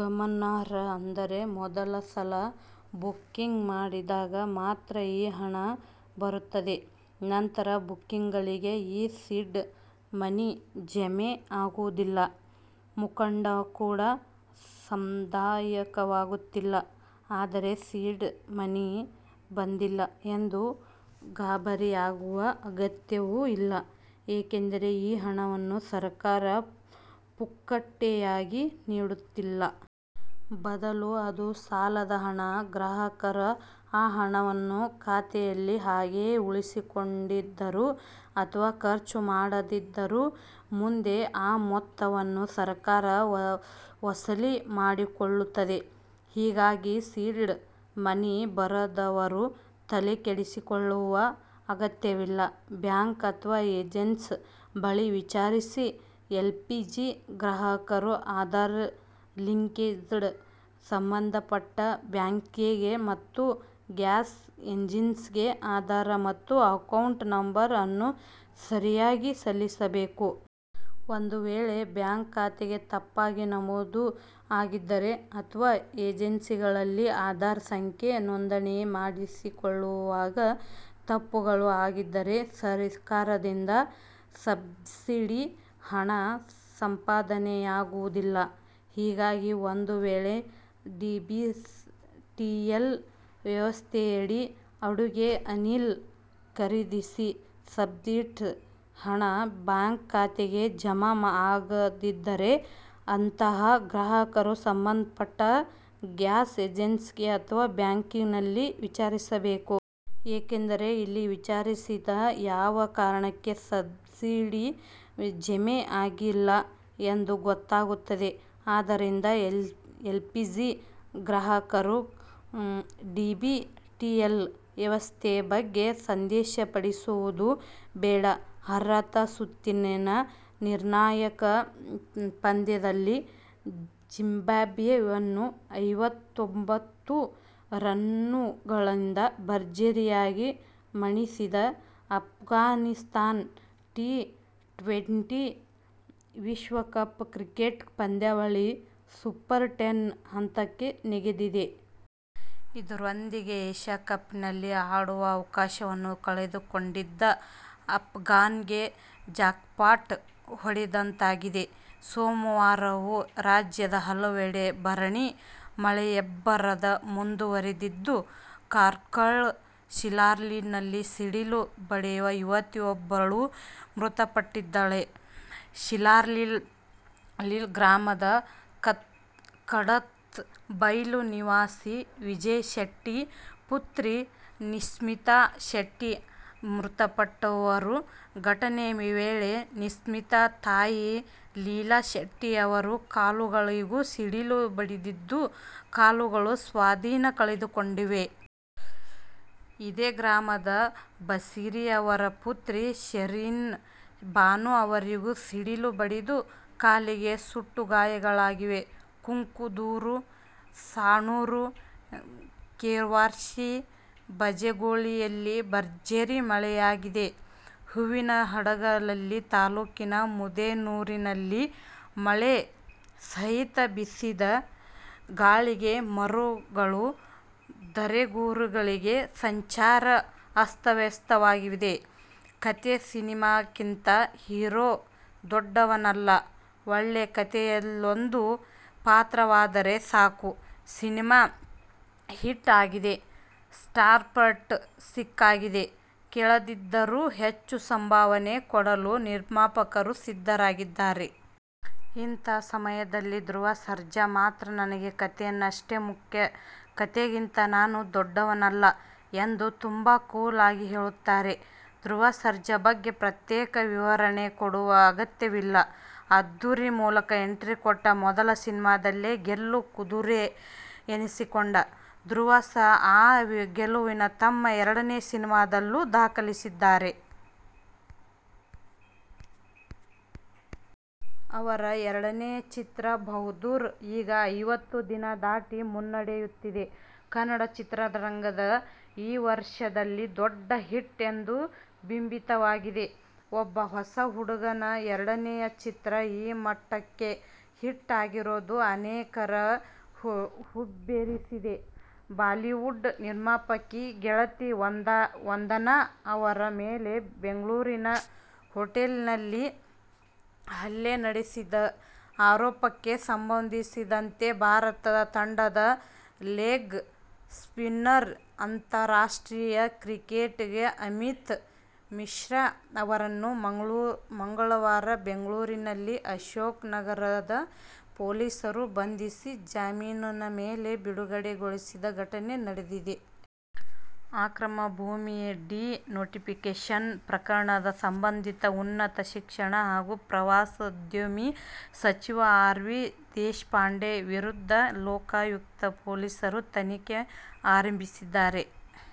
ಗಮನಾರ್ಹ ಅಂದರೆ, ಮೊದಲ ಸಲ ಬುಕ್ಕಿಂಗ್ ಮಾಡಿದಾಗ ಮಾತ್ರ ಈ ಹಣ ಬರುತ್ತದೆ. ನಂತರ ಬುಕ್ಕಿಂಗ್ಗಳಿಗೆ ಈ ಸೀಡ್ ಮನಿ ಜಮೆ ಆಗುವುದಿಲ್ಲ. ಮುಂಗಡ ಕೂಡ ಸಂದಾಯವಾಗುತ್ತಿಲ್ಲ. ಆದರೆ, ಸೀಡ್ ಮನಿ ಬಂದಿಲ್ಲ ಎಂದು ಗಾಬರಿಯಾಗುವ ಅಗತ್ಯವೂ ಇಲ್ಲ. ಏಕೆಂದರೆ, ಈ ಹಣವನ್ನು ಸರ್ಕಾರ ಪುಕ್ಕಟೆಯಾಗಿ ನೀಡುತ್ತಿಲ್ಲ. ಬದಲು ಅದು ಸಾಲದ ಹಣ. ಗ್ರಾಹಕರು ಆ ಹಣವನ್ನು ಖಾತೆಯಲ್ಲಿ ಹಾಗೆಯೇ ಉಳಿಸಿಕೊಂಡಿದ್ದರೂ ಅಥವಾ ಖರ್ಚು ಮಾಡಿದ್ದರೂ ಮುಂದೆ ಆ ಮೊತ್ತವನ್ನು ಸರ್ಕಾರ ವಸೂಲಿ ಮಾಡಿಕೊಳ್ಳುತ್ತದೆ. ಹೀಗಾಗಿ, ಸೀಡ್ ಮನಿ ಬರದವರೂ ತಲೆಕೆಡಿಸಿಕೊಳ್ಳುವ ಅಗತ್ಯವಿಲ್ಲ. ಬ್ಯಾಂಕ್ ಅಥವಾ ಏಜೆನ್ಸಿ ಬಳಿ ವಿಚಾರಿಸಿ' ಎಲ್ಪಿಜಿ ಗ್ರಾಹಕರು ಆಧಾರ್ ಲಿಂಕೇಜ್ನಡಿ ಸಂಬಂಧಪಟ್ಟ ಬ್ಯಾಂಕ್ಗೆ ಮತ್ತು ಗ್ಯಾಸ್ ಏಜೆನ್ಸಿಗೆ ಆಧಾರ್ ಮತ್ತು ಅಕೌಂಟ್ ನಂಬರ್ ಅನ್ನು ಸರಿಯಾಗಿ ಸಲ್ಲಿಸಬೇಕು. ಒಂದುವೇಳೆ, ಬ್ಯಾಂಕ್ ಖಾತೆ ತಪ್ಪಾಗಿ ನಮೂದು ಆಗಿದ್ದರೆ, ಅಥವಾ ಏಜೆನ್ಸಿಗಳಲ್ಲಿ ಆಧಾರ್ ಸಂಖ್ಯೆ ನೋಂದಣಿ ಮಾಡಿಸಿಕೊಳ್ಳುವಾಗ ತಪ್ಪುಗಳು ಆಗಿದ್ದರೆ, ಸರ್ಕಾರದಿಂದ ಸಬ್ಸಿಡಿ ಹಣ ಸಂದಾಯವಾಗುವುದಿಲ್ಲ. ಹೀಗಾಗಿ, ಒಂದುವೇಳೆ ಡಿಬಿಟಿಎಲ್ ವ್ಯವಸ್ಥೆಯಡಿ ಅಡುಗೆ ಅನಿಲ ಖರೀದಿಸಿ ಸಬ್ಸಿಡಿ ಹಣ ಬ್ಯಾಂಕ್ ಖಾತೆಗೆ ಜಮೆ ಆಗದಿದ್ದರೆ, ಅಂಥಹ ಗ್ರಾಹಕರು ಸಂಬಂಧಪಟ್ಟ ಗ್ಯಾಸ್ ಏಜೆನ್ಸಿ ಅಥವಾ ಬ್ಯಾಂಕ್ನಲ್ಲಿ ವಿಚಾರಿಸಬೇಕು. ಏಕೆಂದರೆ, ಇಲ್ಲಿ ವಿಚಾರಿಸಿದರೆ ಯಾವ ಕಾರಣಕ್ಕೆ ಸಬ್ಸಿಡಿ ಜಮೆ ಆಗಿಲ್ಲ ಎಂದು ಗೊತ್ತಾಗುತ್ತದೆ. ಆದ್ದರಿಂದ ಎಲ್ಪಿಜಿ ಗ್ರಾಹಕರು ಡಿಬಿಟಿಎಲ್ ವ್ಯವಸ್ಥೆ ಬಗ್ಗೆ ಸಂದೇಹಪಡುವುದು ಬೇಡ'. ಅರ್ಹತಾ ಸುತ್ತಿನ ನಿರ್ಣಾಯಕ ಪಂದ್ಯದಲ್ಲಿ ಜಿಂಬಾಬ್ವೆಯನ್ನು ಐವತ್ತೊಂಬತ್ತು ರನ್ನುಗಳಿಂದ ಭರ್ಜರಿಯಾಗಿ ಮಣಿಸಿದ ಅಫ್ಘಾನಿಸ್ಥಾನ ಟಿ-ಟ್ವೆಂಟಿ ವಿಶ್ವಕಪ್ ಕ್ರಿಕೆಟ್ ಪಂದ್ಯಾವಳಿಯ ಸೂಪರ್-ಟೆನ್ ಹಂತಕ್ಕೆ ನೆಗೆದಿದೆ. ಇದರೊಂದಿಗೆ "ಏಶ್ಯ ಕಪ್'ನಲ್ಲಿ ಆಡುವ ಅವಕಾಶವನ್ನು ಕಳೆದುಕೊಂಡಿದ್ದ ಅಫ್ಘಾನ್ಗೆ ಜಾಕ್ಪಾಟ್ ಹೊಡೆದಂತಾಗಿದೆ. ಸೋಮವಾರವೂ ರಾಜ್ಯದ ಹಲವೆಡೆ ಭರಣಿ ಮಳೆಯಬ್ಬರ ಮುಂದುವರೆದಿದ್ದು ಕಾರ್ಕಳ ಶಿರ್ಲಾಲಿನಲ್ಲಿ ಸಿಡಿಲು ಬಡಿದು ಯುವತಿಯೋರ್ವಳು ಮೃತಪಟ್ಟಿದ್ದಾಳೆ. ಶಿರ್ಲಾಲು ಗ್ರಾಮದ ಕಡತ್ತ ಬೈಲು ನಿವಾಸಿ ವಿಜಯ ಶೆಟ್ಟಿ ಪುತ್ರಿ ನಿಶ್ಮಿತಾ ಶೆಟ್ಟಿ ಮೃತಪಟ್ಟವರು. ಘಟನೆ ವೇಳೆ ನಿಶ್ಮಿತಾ ತಾಯಿ ಲೀಲಾ ಶೆಟ್ಟಿ ಯವರ ಕಾಲುಗಳಿಗೂ ಸಿಡಿಲು ಬಡಿದಿದ್ದು, ಕಾಲುಗಳು ಸ್ವಾಧೀನ ಕಳೆದುಕೊಂಡಿವೆ. ಇದೇ ಗ್ರಾಮದ ಬಶೀರ್ ಅವರ ಪುತ್ರಿ ಶಂರೀನ್ ಭಾನು ಅವರಿಗೂ ಸಿಡಿಲು ಬಡಿದು ಕಾಲಿಗೆ ಸುಟ್ಟ ಗಾಯಗಳಾಗಿವೆ. ಕುಕ್ಕುಂದೂರು, ಸಾಣೂರು, ಕೆರ್ವಾಶೆ, ಬಜಗೋಳಿಯಲ್ಲಿ ಭರ್ಜರಿ ಮಳೆಯಾಗಿದೆ. ಹೂವಿನಹಡಗಲಿ ತಾಲೂಕಿನ ಮುದೇನೂರಿನಲ್ಲಿ ಮಳೆ ಸಹಿತ ಬೀಸಿದ ಗಾಳಿಗೆ ಮರಗಳು ಧರೆಗುರುಳಿ ಸಂಚಾರ ಅಸ್ತವ್ಯಸ್ತವಾಗಿದೆ. "ಕಥೆ, ಸಿನಿಮಾಕ್ಕಿಂತ ಹೀರೋ ದೊಡ್ಡವನಲ್ಲ, ಒಳ್ಳೆಯ ಕಥೆಯಲ್ಲೊಂದು ಪಾತ್ರವಾದರೆ ಸಾಕು ' ಸಿನಿಮಾ ಹಿಟ್ ಆಗಿದೆ, ಸ್ಟಾರ್ಪಟ್ಟ ಸಿಕ್ಕಾಗಿದೆ, ಕೇಳದಿದ್ದರೂ ಹೆಚ್ಚು ಸಂಭಾವನೆ ಕೊಡಲು ನಿರ್ಮಾಪಕರು ಸಿದ್ಧರಿದ್ದಾರೆ. ಇಂತಹ ಸಮಯದಲ್ಲಿ ಧ್ರುವ ಸರ್ಜಾ ಮಾತ್ರ ನನಗೆ ಕಥೆಯಷ್ಟೇ ಮುಖ್ಯ, ಕಥೆಗಿಂತ ನಾನು ದೊಡ್ಡವನಲ್ಲ ಎಂದು ತುಂಬಾ ಕೂಲ್ ಆಗಿ ಹೇಳುತ್ತಾರೆ. ಧ್ರುವ ಸರ್ಜಾ ಬಗ್ಗೆ ಪ್ರತ್ಯೇಕ ವಿವರಣೆ ಕೊಡುವ ಅಗತ್ಯವಿಲ್ಲ. "ಅದ್ಧೂರಿ' ಮೂಲಕ ಎಂಟ್ರಿ ಕೊಟ್ಟು ಮೊದಲ ಸಿನಿಮಾದಲ್ಲೇ ಗೆಲ್ಲೋ ಕುದುರೆ ಎನಿಸಿಕೊಂಡ ಧ್ರುವ, ಆ ಗೆಲುವನ್ನು ತಮ್ಮ ಎರಡನೇ ಸಿನಿಮಾದಲ್ಲೂ ದಾಖಲಿಸಿದ್ದಾರೆ. ಅವರ ಎರಡನೇ ಚಿತ್ರ "ಬಹದ್ದೂರ್' ಈಗ ಐವತ್ತು ದಿನ ದಾಟಿ ಮುನ್ನಡೆಯುತ್ತಿದೆ. ಕನ್ನಡ ಚಿತ್ರರಂಗದ ಈ ವರ್ಷದಲ್ಲಿ ದೊಡ್ಡ ಹಿಟ್ ಎಂದು ಬಿಂಬಿತವಾಗಿದೆ. ಒಬ್ಬ ಹೊಸ ಹುಡುಗನ ಎರಡನೇ ಚಿತ್ರ ಈ ಮಟ್ಟಕ್ಕೆ ಹಿಟ್ ಆಗಿರೋದು ಅನೇಕರ ಹುಬ್ಬೇರಿಸಿದೆ. ಬಾಲಿವುಡ್ ನಿರ್ಮಾಪಕಿ, ಗೆಳತಿ ವಂದನಾ ಅವರ ಮೇಲೆ ಬೆಂಗಳೂರಿನ ಹೋಟೆಲ್ ನಲ್ಲಿ ಹಲ್ಲೆ ನಡೆಸಿದ ಆರೋಪಕ್ಕೆ ಸಂಬಂಧಿಸಿದಂತೆ ಭಾರತ ತಂಡದ ಲೆಗ್ ಸ್ಪಿನ್ನರ್, ಅಂತಾರಾಷ್ಟ್ರೀಯ ಕ್ರಿಕೆಟಿಗ ಅಮಿತ್ ಮಿಶ್ರಾ ಅವರನ್ನು ಮಂಗಳವಾರ ಬೆಂಗಳೂರಿನ ಅಶೋಕ್ ನಗರ ಪೊಲೀಸರು ಬಂಧಿಸಿ, ಜಾಮೀನಿನ ಮೇಲೆ ಬಿಡುಗಡೆಗೊಳಿಸಿದ ಘಟನೆ ನಡೆದಿದೆ. ಅಕ್ರಮ ಭೂಮಿ ಡಿ-ನೋಟಿಫಿಕೇಶನ್ ಪ್ರಕರಣದ ಸಂಬಂಧ ಉನ್ನತ ಶಿಕ್ಷಣ ಹಾಗೂ ಪ್ರವಾಸೋದ್ಯಮ ಸಚಿವ ಆರ್. ವಿ. ದೇಶಪಾಂಡೆ ವಿರುದ್ಧ ಲೋಕಾಯುಕ್ತ ಪೊಲೀಸರು ತನಿಖೆ ಆರಂಭಿಸಿದ್ದಾರೆ.